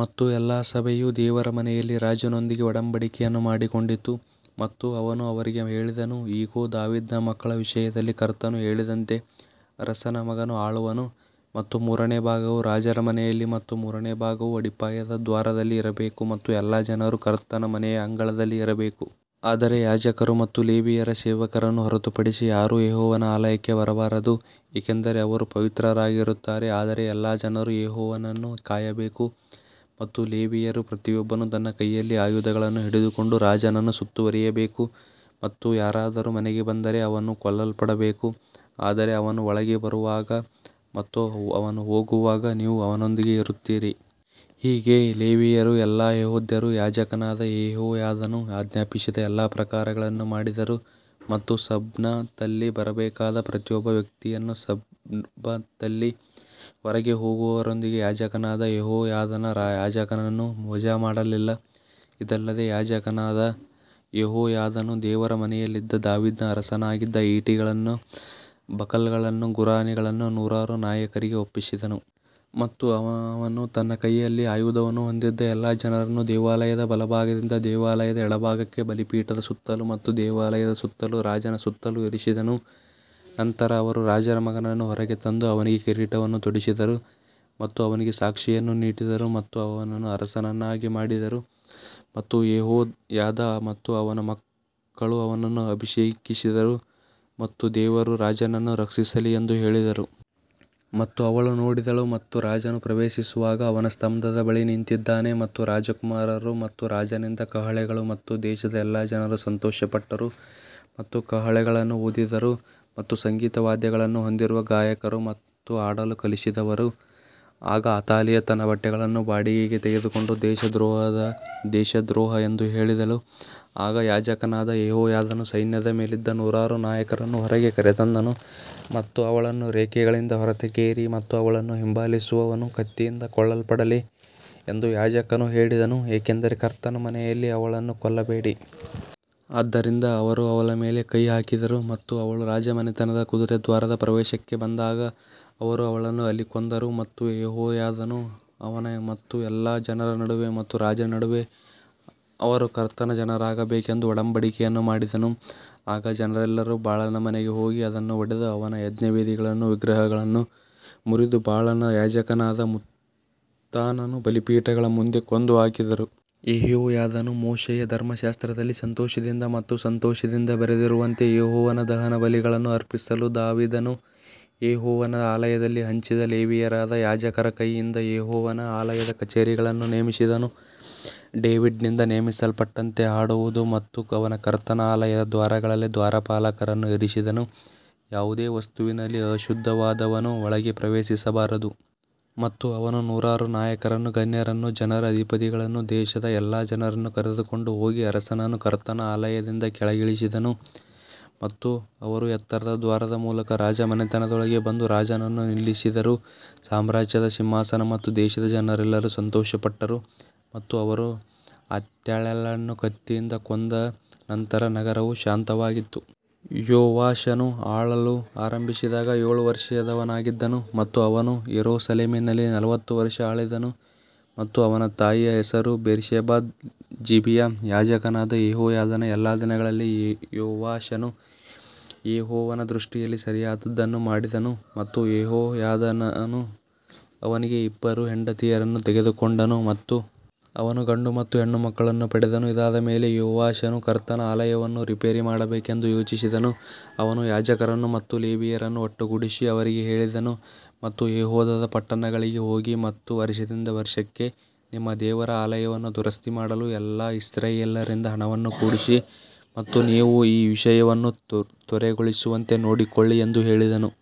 ಮತ್ತು ಎಲ್ಲಾ ಸಭೆಯು ದೇವರ ಮನೆಯಲ್ಲಿ ರಾಜನೊಂದಿಗೆ ಒಡಂಬಡಿಕೆಯನ್ನು ಮಾಡಿಕೊಂಡಿತು ಮತ್ತು ಅವನು ಅವರಿಗೆ ಹೇಳಿದನು, ಇಗೋ, ದಾವೀದನ ಮಕ್ಕಳ ವಿಷಯದಲ್ಲಿ ಕರ್ತನು ಹೇಳಿದಂತೆ ಅರಸನ ಮಗನು ಆಳುವನು. ಮತ್ತು ಮೂರನೇ ಭಾಗವು ರಾಜರ ಮನೆಯಲ್ಲಿ ಮತ್ತು ಮೂರನೇ ಭಾಗವು ಅಡಿಪಾಯದ ದ್ವಾರದಲ್ಲಿ ಇರಬೇಕು ಮತ್ತು ಎಲ್ಲಾ ಜನರು ಕರ್ತನ ಮನೆಯ ಅಂಗಳದಲ್ಲಿ ಇರಬೇಕು. ಆದರೆ ಯಾಜಕರು ಮತ್ತು ಲೇವಿಯರ ಸೇವಕರನ್ನು ಹೊರತುಪಡಿಸಿ ಯಾರೂ ಯೆಹೋವನ ಆಲಯಕ್ಕೆ ಬರಬಾರದು, ಏಕೆಂದರೆ ಅವರು ಪವಿತ್ರರಾಗಿರುತ್ತಾರೆ ಆದರೆ ಎಲ್ಲಾ ಜನರು ಯೆಹೋವನನ್ನು ಕಾಯಬೇಕು. ಮತ್ತು ಲೇವಿಯರು ಪ್ರತಿಯೊಬ್ಬನು ತನ್ನ ಕೈಯಲ್ಲಿ ಆಯುಧಗಳನ್ನು ಹಿಡಿದುಕೊಂಡು ರಾಜನನ್ನು ಸುತ್ತುವರಿಯಬೇಕು ಮತ್ತು ಯಾರಾದರೂ ಮನೆಗೆ ಬಂದರೆ ಅವನು ಕೊಲ್ಲಲ್ಪಡಬೇಕು ಆದರೆ ಅವನು ಒಳಗೆ ಬರುವಾಗ ಮತ್ತು ಅವನು ಹೋಗುವಾಗ ನೀವು ಅವನೊಂದಿಗೆ ಇರುತ್ತೀರಿ. ಹೀಗೆ ಲೇವಿಯರೂ ಎಲ್ಲಾ ಯೆಹೂದ್ಯರೂ ಯಾಜಕನಾದ ಯೆಹೋಯಾದನು ಆಜ್ಞಾಪಿಸಿದ ಎಲ್ಲಾ ಪ್ರಕಾರಗಳನ್ನು ಮಾಡಿದರು ಮತ್ತು ಸಬ್ಬತ್ನಲ್ಲಿ ಬರಬೇಕಾದ ಪ್ರತಿಯೊಬ್ಬ ವ್ಯಕ್ತಿಯನ್ನು ಸಬ್ಬತ್ನಲ್ಲಿ ಹೊರಗೆ ಹೋಗುವವರೊಂದಿಗೆ ಯಾಜಕನಾದ ಯೆಹೋಯಾದಾನ ಯಾಜಕನನ್ನು ವಜಾಮಾಡಲಿಲ್ಲ. ಇದಲ್ಲದೆ ಯಾಜಕನಾದ ಯೆಹೋಯಾದನು ದೇವರ ಮನೆಯಲ್ಲಿದ್ದ ದಾವೀದನ ಅರಸನಾಗಿದ್ದ ಈಟಿಗಳನ್ನೂ ಬಕಲ್ಗಳನ್ನೂ ಗುರಾಣಿಗಳನ್ನೂ ನೂರಾರು ನಾಯಕರಿಗೆ ಒಪ್ಪಿಸಿದನು. ಮತ್ತು ಅವನು ತನ್ನ ಕೈಯಲ್ಲಿ ಆಯುಧವನ್ನು ಹೊಂದಿದ್ದ ಎಲ್ಲಾ ಜನರನ್ನು ದೇವಾಲಯದ ಬಲಭಾಗದಿಂದ ದೇವಾಲಯದ ಎಡಭಾಗಕ್ಕೆ ಬಲಿಪೀಠದ ಸುತ್ತಲೂ ಮತ್ತು ದೇವಾಲಯದ ಸುತ್ತಲೂ ರಾಜನ ಸುತ್ತಲೂ ಇರಿಸಿದನು. ನಂತರ ಅವರು ರಾಜರ ಮಗನನ್ನು ಹೊರಗೆ ತಂದು ಅವನಿಗೆ ಕಿರೀಟವನ್ನು ತೊಡಿಸಿದರು ಮತ್ತು ಅವನಿಗೆ ಸಾಕ್ಷಿಯನ್ನು ನೀಡಿದರು ಮತ್ತು ಅವನನ್ನು ಅರಸನನ್ನಾಗಿ ಮಾಡಿದರು ಮತ್ತು ಯೆಹೋಯಾದಾ ಮತ್ತು ಅವನ ಮಕ್ಕಳು ಅವನನ್ನು ಅಭಿಷೇಕಿಸಿದರು ಮತ್ತು ದೇವರು ರಾಜನನ್ನು ರಕ್ಷಿಸಲಿ ಎಂದು ಹೇಳಿದರು. ಮತ್ತು ಅವಳು ನೋಡಿದಳು ಮತ್ತು ರಾಜನು ಪ್ರವೇಶಿಸುವಾಗ ಅವನ ಸ್ತಂಭದ ಬಳಿ ನಿಂತಿದ್ದಾನೆ ಮತ್ತು ರಾಜಕುಮಾರರು ಮತ್ತು ರಾಜನಿಂದ ಕಹಳೆಗಳು ಮತ್ತು ದೇಶದ ಎಲ್ಲಾ ಜನರು ಸಂತೋಷಪಟ್ಟರು ಮತ್ತು ಕಹಳೆಗಳನ್ನು ಊದಿದರು ಮತ್ತು ಸಂಗೀತ ವಾದ್ಯಗಳನ್ನು ಹೊಂದಿರುವ ಗಾಯಕರು ಮತ್ತು ಹಾಡಲು ಕಲಿಸಿದವರು. ಆಗ ಅತಾಲಿಯಾ ತನ್ನ ಬಟ್ಟೆಗಳನ್ನು ಬಾಡಿಗೆಗೆ ತೆಗೆದುಕೊಂಡು ದೇಶದ್ರೋಹದ ದೇಶದ್ರೋಹ ಎಂದು ಹೇಳಿದಳು ಆಗ ಯಾಜಕನಾದ ಯೆಹೋಯಾದನು ಸೈನ್ಯದ ಮೇಲಿದ್ದ ನೂರಾರು ನಾಯಕರನ್ನು ಹೊರಗೆ ಕರೆತಂದನು ಮತ್ತು ಅವಳನ್ನು ರೇಖೆಗಳಿಂದ ಹೊರತೆಗೆಯಿರಿ ಮತ್ತು ಅವಳನ್ನು ಹಿಂಬಾಲಿಸುವವನು ಕತ್ತಿಯಿಂದ ಕೊಲ್ಲಲ್ಪಡಲಿ ಎಂದು ಯಾಜಕನು ಹೇಳಿದನು ಏಕೆಂದರೆ ಕರ್ತನ ಮನೆಯಲ್ಲಿ ಅವಳನ್ನು ಕೊಲ್ಲಬೇಡಿ. ಆದ್ದರಿಂದ ಅವರು ಅವಳ ಮೇಲೆ ಕೈ ಹಾಕಿದರು ಮತ್ತು ಅವಳು ರಾಜಮನೆತನದ ಕುದುರೆ ದ್ವಾರದ ಪ್ರವೇಶಕ್ಕೆ ಬಂದಾಗ ಅವರು ಅವಳನ್ನು ಅಲ್ಲಿ ಕೊಂದರು. ಮತ್ತು ಯೆಹೋಯಾದನು ಅವನ ಮತ್ತು ಎಲ್ಲಾ ಜನರ ನಡುವೆ ಮತ್ತು ರಾಜನ ನಡುವೆ ಅವರು ಕರ್ತನ ಜನರಾಗಬೇಕೆಂದು ಒಡಂಬಡಿಕೆಯನ್ನು ಮಾಡಿದನು. ಆಗ ಜನರೆಲ್ಲರೂ ಬಾಳನ ಮನೆಗೆ ಹೋಗಿ ಅದನ್ನು ಒಡೆದು ಅವನ ಯಜ್ಞವೇದಿಗಳನ್ನೂ ವಿಗ್ರಹಗಳನ್ನೂ ಮುರಿದು ಬಾಳನ ಯಾಜಕನಾದ ಮತ್ತಾನನನ್ನು ಬಲಿಪೀಠಗಳ ಮುಂದೆ ಕೊಂದು ಹಾಕಿದರು. ಯೆಹೋಯಾದನು ಮೋಶೆಯ ಧರ್ಮಶಾಸ್ತ್ರದಲ್ಲಿ ಸಂತೋಷದಿಂದ ಮತ್ತು ಸಂತೋಷದಿಂದ ಬರೆದಿರುವಂತೆ ಯೆಹೋವನ ದಹನಬಲಿಗಳನ್ನು ಅರ್ಪಿಸಲು ದಾವೀದನು ಯೆಹೋವನ ಆಲಯದಲ್ಲಿ ಹಂಚಿದ ಲೇವಿಯರಾದ ಯಾಜಕರ ಕೈಯಿಂದ ಯೆಹೋವನ ಆಲಯದ ಕಚೇರಿಗಳನ್ನು ನೇಮಿಸಿದನು. ಡೇವಿಡ್ನಿಂದ ನೇಮಿಸಲ್ಪಟ್ಟಂತೆ ಹಾಡುವುದು ಮತ್ತು ಅವನು ಕರ್ತನ ಆಲಯದ ದ್ವಾರಗಳಲ್ಲಿ ದ್ವಾರಪಾಲಕರನ್ನು ಇರಿಸಿದನು, ಯಾವುದೇ ವಸ್ತುವಿನಲ್ಲಿ ಅಶುದ್ಧವಾದವನು ಒಳಗೆ ಪ್ರವೇಶಿಸಬಾರದು. ಮತ್ತು ಅವನು ನೂರಾರು ನಾಯಕರನ್ನೂ, ಗಣ್ಯರನ್ನೂ, ಜನರ ಅಧಿಪತಿಗಳನ್ನೂ, ದೇಶದ ಎಲ್ಲಾ ಜನರನ್ನು ಕರೆದುಕೊಂಡು ಹೋಗಿ ಅರಸನನ್ನು ಕರ್ತನ ಆಲಯದಿಂದ ಕೆಳಗಿಳಿಸಿದನು ಮತ್ತು ಅವರು ಎತ್ತರದ ದ್ವಾರದ ಮೂಲಕ ರಾಜಮನೆತನದೊಳಗೆ ಬಂದು ರಾಜನನ್ನು ನಿಲ್ಲಿಸಿದರು. ಸಾಮ್ರಾಜ್ಯದ ಸಿಂಹಾಸನ ಮತ್ತು ದೇಶದ ಜನರೆಲ್ಲರೂ ಸಂತೋಷಪಟ್ಟರು ಮತ್ತು ಅವರು ಅಥಾಲ್ಯಳನ್ನು ಕತ್ತಿಯಿಂದ ಕೊಂದ ನಂತರ ನಗರವು ಶಾಂತವಾಗಿತ್ತು. ಯೋವಾಷನು ಆಳಲು ಆರಂಭಿಸಿದಾಗ ಏಳು ವರ್ಷದವನಾಗಿದ್ದನು ಮತ್ತು ಅವನು ಯೆರೂಸಲೇಮಿನಲ್ಲಿ ನಲವತ್ತು ವರುಷ ಆಳಿದನು ಮತ್ತು ಅವನ ತಾಯಿಯ ಹೆಸರು ಬೇರ್ಷೆಬಾದ ಜಿಬಿಯಾ. ಯಾಜಕನಾದ ಯೆಹೋಯಾದನ ಎಲ್ಲಾ ದಿನಗಳಲ್ಲಿ ಯೋವಾಷನು ಯೆಹೋವನ ದೃಷ್ಟಿಯಲ್ಲಿ ಸರಿಯಾದದ್ದನ್ನು ಮಾಡಿದನು. ಮತ್ತು ಯೆಹೋಯಾದನು ಅವನಿಗೆ ಇಬ್ಬರು ಹೆಂಡತಿಯರನ್ನು ತೆಗೆದುಕೊಂಡನು ಮತ್ತು ಅವನು ಗಂಡು ಮತ್ತು ಹೆಣ್ಣು ಮಕ್ಕಳನ್ನು ಪಡೆದನು ಇದಾದ ಮೇಲೆ ಯೋವಾಷನು ಕರ್ತನ ಆಲಯವನ್ನು ರಿಪೇರಿ ಮಾಡಬೇಕೆಂದು ಯೋಚಿಸಿದನು ಅವನು ಯಾಜಕರನ್ನು ಮತ್ತು ಲೇವಿಯರನ್ನು ಒಟ್ಟುಗೂಡಿಸಿ ಅವರಿಗೆ ಹೇಳಿದನು ಮತ್ತು ಯೆಹೂದದ ಪಟ್ಟಣಗಳಿಗೆ ಹೋಗಿ ಮತ್ತು ವರ್ಷದಿಂದ ವರ್ಷಕ್ಕೆ ನಿಮ್ಮ ದೇವರ ಆಲಯವನ್ನು ದುರಸ್ತಿ ಮಾಡಲು ಎಲ್ಲಾ ಇಸ್ರಾಯೇಲ್ಯರಿಂದ ಹಣವನ್ನು ಕೂಡಿಸಿ ಮತ್ತು ನೀವು ಈ ವಿಷಯವನ್ನು ತ್ವರೆಗೊಳಿಸುವಂತೆ ನೋಡಿಕೊಳ್ಳಿ ಎಂದು ಹೇಳಿದನು.